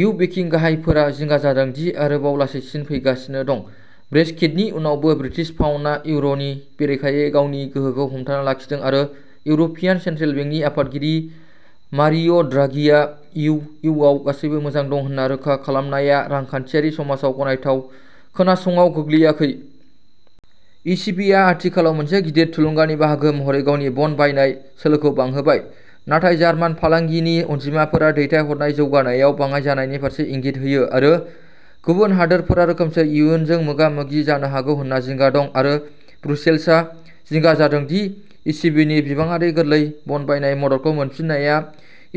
U बेंकिं गाहायफोरा जिंगा जादों दि आरोबाव लासैसिन फैगासिनो दं। ब्रेक्सिटनि उनावबो ब्रिटिश पाउन्दआ इउर'नि बेरेखायै गावनि गोहोखौ हमथाना लाखिदों आरो इउर'पियान सेन्ट्रेल बेंकनि आफादगिरि मारिय'द्राघिआ इउ इउ आव गासैबो मोजां दं होन्ना रोखा खालामनाया रांखान्थियारि समाजाव गनायथाव खोनासङाव गोग्लैयाखै। इ सि बि आ आथिखालाव मोनसे गिदिर थुलुंगानि बाहागो महरै गावनि बन्ड बायनाय सोलोखौ बांहोबाय। नाथाय जार्मान फालांगिनि अनजिमाफोरा दैथायहरनाय जौगानायाव बाङाइ जानायनि फारसे इंगित होयो आरो गुबुन हादोरफोरा रोखोमसे इयुनजों मोगा मोगि जानो हागौ होनना जिंगा दं आरो ब्रुसेल्सआ जिंगा जादों दि इ सि बि नि बिबांआरि गोरलै बन्ड बायनाय मददखौ मोनफिननाया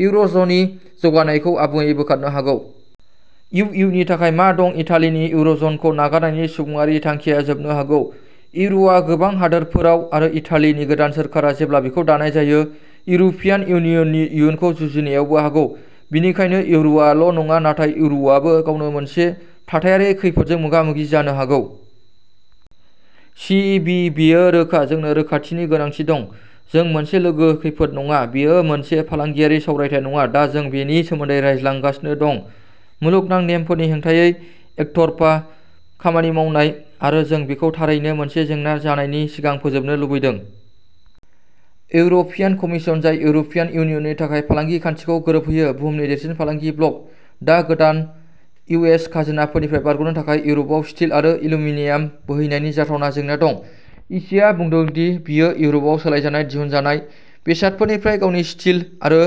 इउरज'ननि जौगानायखौ आबुङै बोखारनो हागौ। इउ इउ नि थाखाय मा दं इटालिनि इउरज'नखौ नागारनायनि सुबुंआरि थांखिया जोबनो हागौ। इउर'आ गोबां हादोरफोराव आरो इटालिनि गोदान सोरखारा जेब्ला बेखौ दानाय जायो इउर'पियान इउनियननि इयुनखौ जुजिनायावबो हागौ। बेनिखायनो इउर'आ ल'नङा नाथाय इउर'आबो गावनो मोनसे थाथायारि खैफोदजों मोगा मोगि जानो हागौ। सि बि बेयो रोखा। जोंनो रोखाथिनि गोनांथि दं। जों मोनसे लोगो खैफोद नङा। बेयो मोनसे फालांगियारि सावरायथाय नङा। दा जों बेनि सोमोन्दै रायज्लांगासिनो दं। मुलुगनां नेमफोरनि हेंथायै एकतरफा खामानि मावनाय आरो जों बेखौ थारैनो मोनसे जेंना जानायनि सिगां फोजोबनो लुबैदों। इउर'पियान कमिसन जाय इउर'पियान इउनियननि थाखाय फालांगि खान्थिखौ गोरोबहोयो बुहुमनि देरसिन फालांगि ब्लक। दा गोदान इउएस खाजोनाफोरनिफ्राय बारगनो थाखाय इउर'पआव स्टिल आरो एल्युमिनियाम बोहैनायनि जाथावना जेंना दं। इसिआ बुंदों दि बियो इउर'पआव सोलायजानाय दिहुनजानाय बेसादफोरनिफ्राय गावनि स्टिल आरो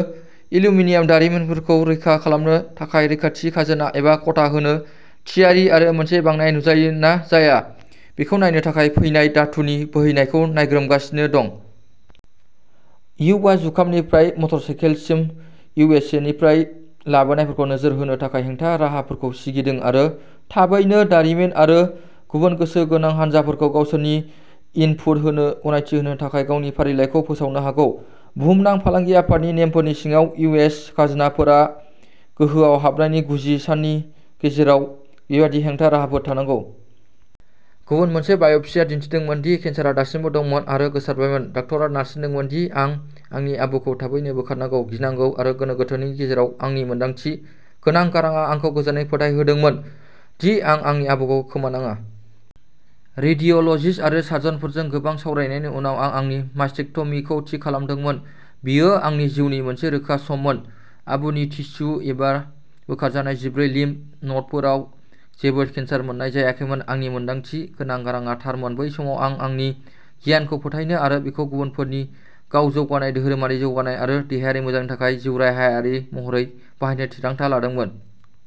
एल्युमिनियाम दारिमिनफोरखौ रैखा खालामनो थाखाय रैखाथि खाजोना एबा कोटा होनो थियारि आरो मोनसे बांनाय नुजायो ना जाया बेखौ नायनो थाखाय फैनाय धातुनि बोहैनायखौ नायग्रोमगासिनो दं। इउआ जुखामनिफ्राय मटरसाइकेलसिम इउएसनिफ्राय लाबोनायफोरखौ नोजोर होनो थाखाय हेंथा-राहाफोरखौबो सिगिदों आरो थाबैनो दारिमिन आरो गुबुन गोसो गोनां हानजाफोरखौ गावसोरनि इनपुट होनो गनायथि होनो थाखाय गावनि फारिलाइखौ फोसावनो हागौ। बुहुमनां फालांगि आफादनि नेमफोरनि सिङाव इउएस खाजोनाफोरा गोहोआव हाबनायनि गुजि साननि गेजेराव बेबादि हेंथा राहाफोर थानांगौ। गुबुन मोनसे बाय'प्सीआ दिन्थिदोंमोन दि केन्सारआ दासिमबो दंमोन आरो गोसारबायमोन। डाक्टरा नारसिनदोंमोन दि आं आंनि आबुखौ थाबैनो बोखारनांगौ। गिनांगौ आरो गोनो गोथोनि गेजेराव आंनि मोनदांथि गोनां गारांआ आंखौ गोजोनै फोथायहोदोंमोन दि आं आंनि आबुखौ खोमानाङा। रेडिय'ल'जिस्ट आरो सार्जनफोरजों गोबां सावरायनायनि उनाव आं आंनि मास्टेक्ट'मीखौ थि खालामदोंमोन। बेयो आंनि जिउनि मोनसे रोखा सममोन। आबुनि टिस्यु एबा बोखारजानाय जिब्रै लिम्फ न'डफोराव जेबो केन्सार मोन्नाय जायाखैमोन। आंनि मोनदांथि गोनां गारांआ थारमोन बै समाव आं आंनि गियान खौ फोथायनो आरो बेखौ गुबुनफोरनि गाव जौगानाय धोरोमारि जौगानाय आरो देहायारि मोजांनि थाखाय जिउराहायारि महरै बाहायनो थिरांथा लादोंमोन।